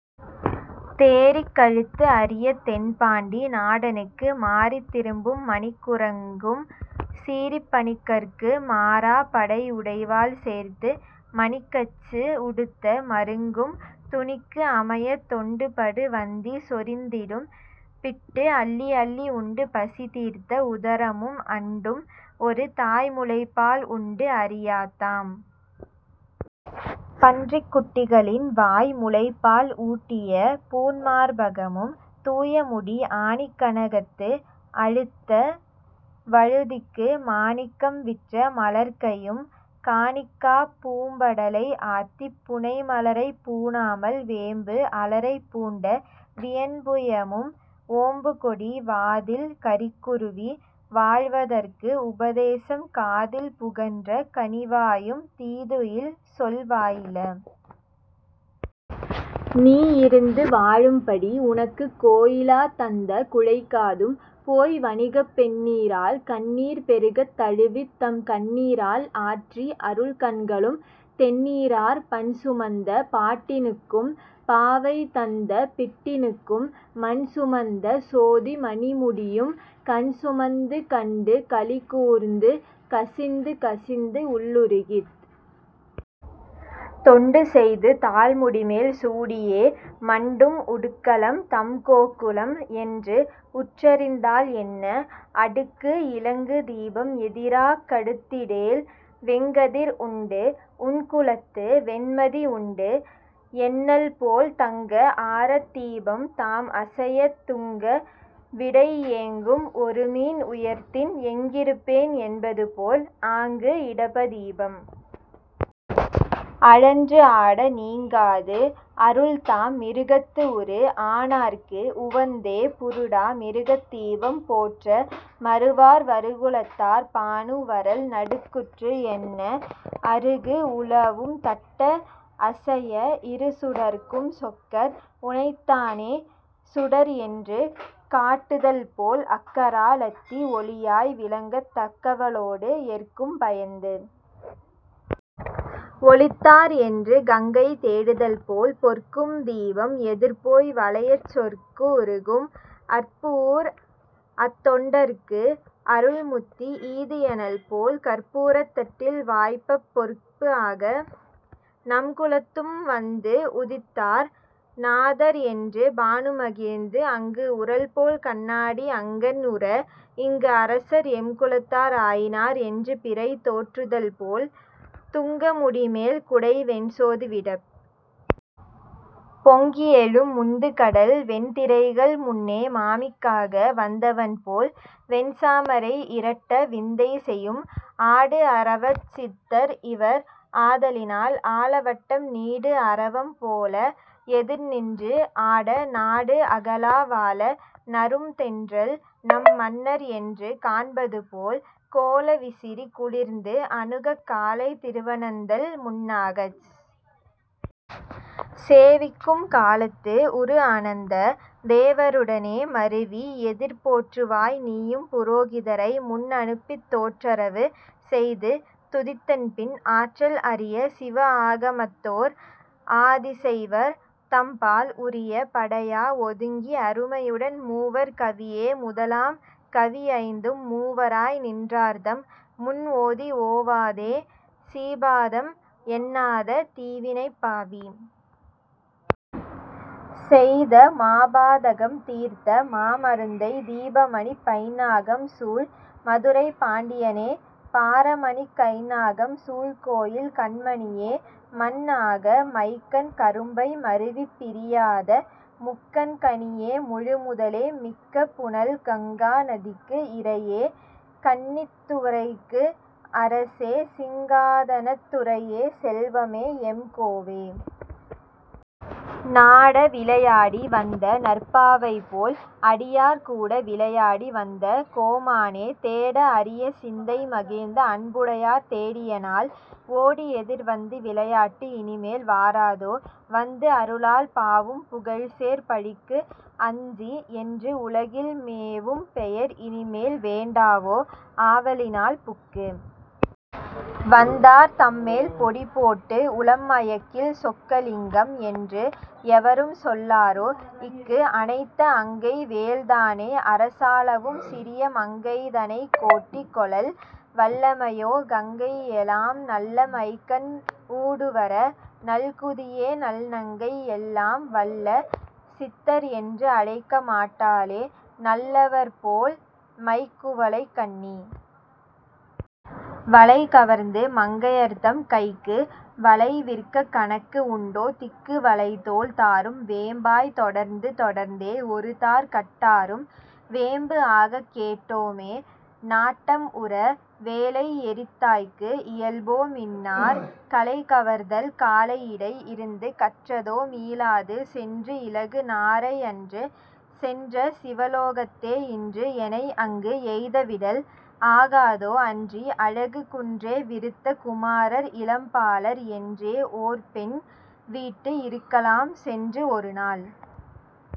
தேறிக் கழுத்து அரியத் தென்பாண்டி நாடனுக்கு மாறித் திரும்பும் மணிக் குறங்கும் சீறிப் பணிக்கற்கு மாறாப் படைஉடைவாள் சேர்த்து மணிக்கச்சு உடுத்த மருங்கும் துணிக்கு அமையத் தொண்டுபடு வந்தி சொரிந்திடும் பிட்டு அள்ளிஅள்ளி உண்டு பசிதீர்த்த உதரமும் அண்டும் ஒரு தாய்முலைப்பால் உண்டு அறியாத் தாம் பன்றிக்குட்டிகளின் வாய் முலைப்பால் ஊட்டிய பூண்மார்பகமும் தூயமுடி ஆணிக் கனகத்து அழுத்த வழுதிக்கு மாணிக்கம் விற்ற மலர்க்கையும் காணிக்காப் பூம்படலை ஆத்திப் புனைமலரைப் பூணாமல் வேம்பு அலரைப் பூண்ட வியன்புயமும் ஓம்புகொடி வாதில் கரிக்குருவி வாழ்தற்கு உபதேசம் காதில் புகன்ற கனிவாயும் தீதுஇல் சொல் வாயிலா நீ இருந்து வாழும்படி உனக்குக் கோயிலாத் தந்த குழைக்காதும் போய் வணிகப் பெண்நீராள் கண்ணீர் பெருகத் தழுவித் தம் கண்ணீரால் ஆற்றி அருள் கண்களும் தெண்ணீரார் பண்சுமந்த பாட்டினுக்கும் பாவைதந்த பிட்டினுக்கும் மண்சுமந்த சோதி மணிமுடியும் கண் சுமந்து கண்டு களிகூர்ந்து கசிந்து கசிந்து உள்உருகித் தொண்டு செய்து தாள்முடிமேல் சூடியே மண்டும் உடுக்கலம் தம்கோக்குலம் என்று உற்றறிந்தால்என்ன அடுக்கு இலங்கு தீபம் எதிராகக் கடுத்திடேல் வெங்கதிர் உண்டு உன்குலத்து வெண்மதிஉண்டு என்னல்போல் தங்க ஆரத் தீபம் தாம் அசையத் துங்க விடை ஏங்கும் ஒருமீன் உயர்த்தின் எங்கிருப்பேன் என்பதுபோல் ஆங்கு இடபதீபம் அழன்றுஆட நீங்காது அருள் தாம் மிருகத்துஉரு ஆனார்க்கு உவந்தே புருடா மிருகத் தீபம் போற்ற மருவார் வருகுலத்தார் பானு வரல் நடுக்குற்று என்ன அருகு உலவும் தட்ட அசைய இருசுடர்க்கும் சொக்கர் உனைத்தானே சுடர்என்று காட்டுதல்போல் அக்கரா லத்தி ஒளியாய் விளங்கத் தக்கவளோடு எற்கும் பயந்து ஒளித்தார் என்று கங்கை தேடுதல்போல் பொற்கும்தீபம் எதிர்போய் வளையச் சொற்குஉருகும் அற்புஊர் அத்தொண்டர்க்கு அருள்முத்தி ஈதுஎனல்போல் கற்பூரத் தட்டில் வாய்ப்பப் பொற்புஆக நம்குலத்தும் வந்துஉதித்தார் நாதர்என்று பானுமகிழ்ந்து அங்கு உறல்போல் கண்ணாடி அங்கண்உற இங்குஅரசர் எம்குலத்தார் ஆயினார் என்றுபிறை தோற்றுதல்போல் துங்க முடிமேல் குடை வெண்சோதிவிடப் பொங்கிஎழும் முந்துகடல் வெண்திரைகள் முன்னே மாமிக்காக வந்தவன்போல் வெண்சாமரை இரட்ட விந்தை செயும் ஆடுஅரவச் சித்தர் இவர் ஆதலினால் ஆலவட்டம் நீடுஅரவம் போல எதிர்நின்று ஆட நாடு அகலா வால நறும்தென்றல் நம் மன்னர்என்று காண்பதுபோல் கோல விசிறி குளிர்ந்து அணுகக் காலைத் திருவனந்தல் முன்னாகச் சேவிக்கும் காலத்து உருஅனந்த தேவருடனே மருவி எதிர் போற்றுவாய் நீயும் புரோகிதரை முன்அனுப்பித் தோற்றரவு செய்து துதித்தன்பின் ஆற்றல் அரிய சிவஆகமத்தோர் ஆதிசைவ தம்பால் உரிய படையா ஒதுங்கி அருமையுடன் மூவர் கவியே முதலாம் கவிஐந்தும் மூவராய் நின்றார்தம் முன்ஓதி ஓவாதே சீபாதம் எண்ணாத தீவினைப்பாவி செய்த மாபாதகம் தீர்த்த மாமருந்தைத் தீபமணிப் பைந்நாகம் சூழ் மதுரைப் பாண்டியனே பாரமணிக் கைந்நாகம் சூழ்கோயில் கண்மணியே மன்ஆக மைக்கண் கரும்பை மருவிப் பிரியாத முக்கண் கனியே முழு முதலே மிக்க புனல் கங்கா நதிக்கு இறையே கன்னித்துறைக்கு அரசே சிங்காதனத் துரையே செல்வமே எம்கோவே நாட விளைஆடி வந்த நற்பாவைபோல் அடியார் கூட விளையாடி வந்த கோமானே தேடஅரிய சிந்தை மகிழ்ந்து அன்புடையார் தேடியநாள் ஓடிஎதிர் வந்த விளையாட்டு இனிமேல் வாராதோ வந்து அருளால் பாவும் புகழ்சேர் பழிக்கு அஞ்சி என்று உலகில் மேவும் பெயர் இனிமேல் வேண்டாவோ ஆவலினால் புக்கு வந்தார் தம்மேல் பொடிபோட்டு உளம் மயக்கிள் சொக்கலிங்கம் என்று எவரும் சொல்லாரோ இக்கு அணைத்த அங்கை வேள்தானே அரசாளவும் சிறிய மங்கைதனைக் கோட்டி கொளல் வல்லமையோ கங்கை எலாம் நல்ல மைக்கண் ஊடுவர நல்குதியேநல்நங்கை எல்லாம் வல்ல சித்தர் என்று அழைக்கமாட்டாளே நல்லவர்போல் மைக் குவளைக்கண்ணி வளைகவர்ந்து மங்கையர்தம் கைக்கு வளை விற்கக் கனக்கு உண்டோ திக்கு வளை தோள் தாரும் வேம்பாய்த் தொடர்ந்து தொடர்ந்தே ஒருதார் கட்டாரும் வேம்பு ஆகக் கேட்டோ மே நாட்டம்உற வேளைஎரித்தாய்க்கு இயல்போ மின்னார் கலைகவர்தல் காளையிடை இருந்து கற்றதோ மீளாது சென்று இலகு நாரை அன்று சென்ற சிவலோகத்தே இன்று எனை அங்கு எய்தவிடல் ஆகாதோ அன்றி அழகு குன்றே விருத்த குமாரர் இளம்பாலர் என்றே ஓர் பெண் வீட்டு இருக்கலாம் சென்று ஒருநாள்।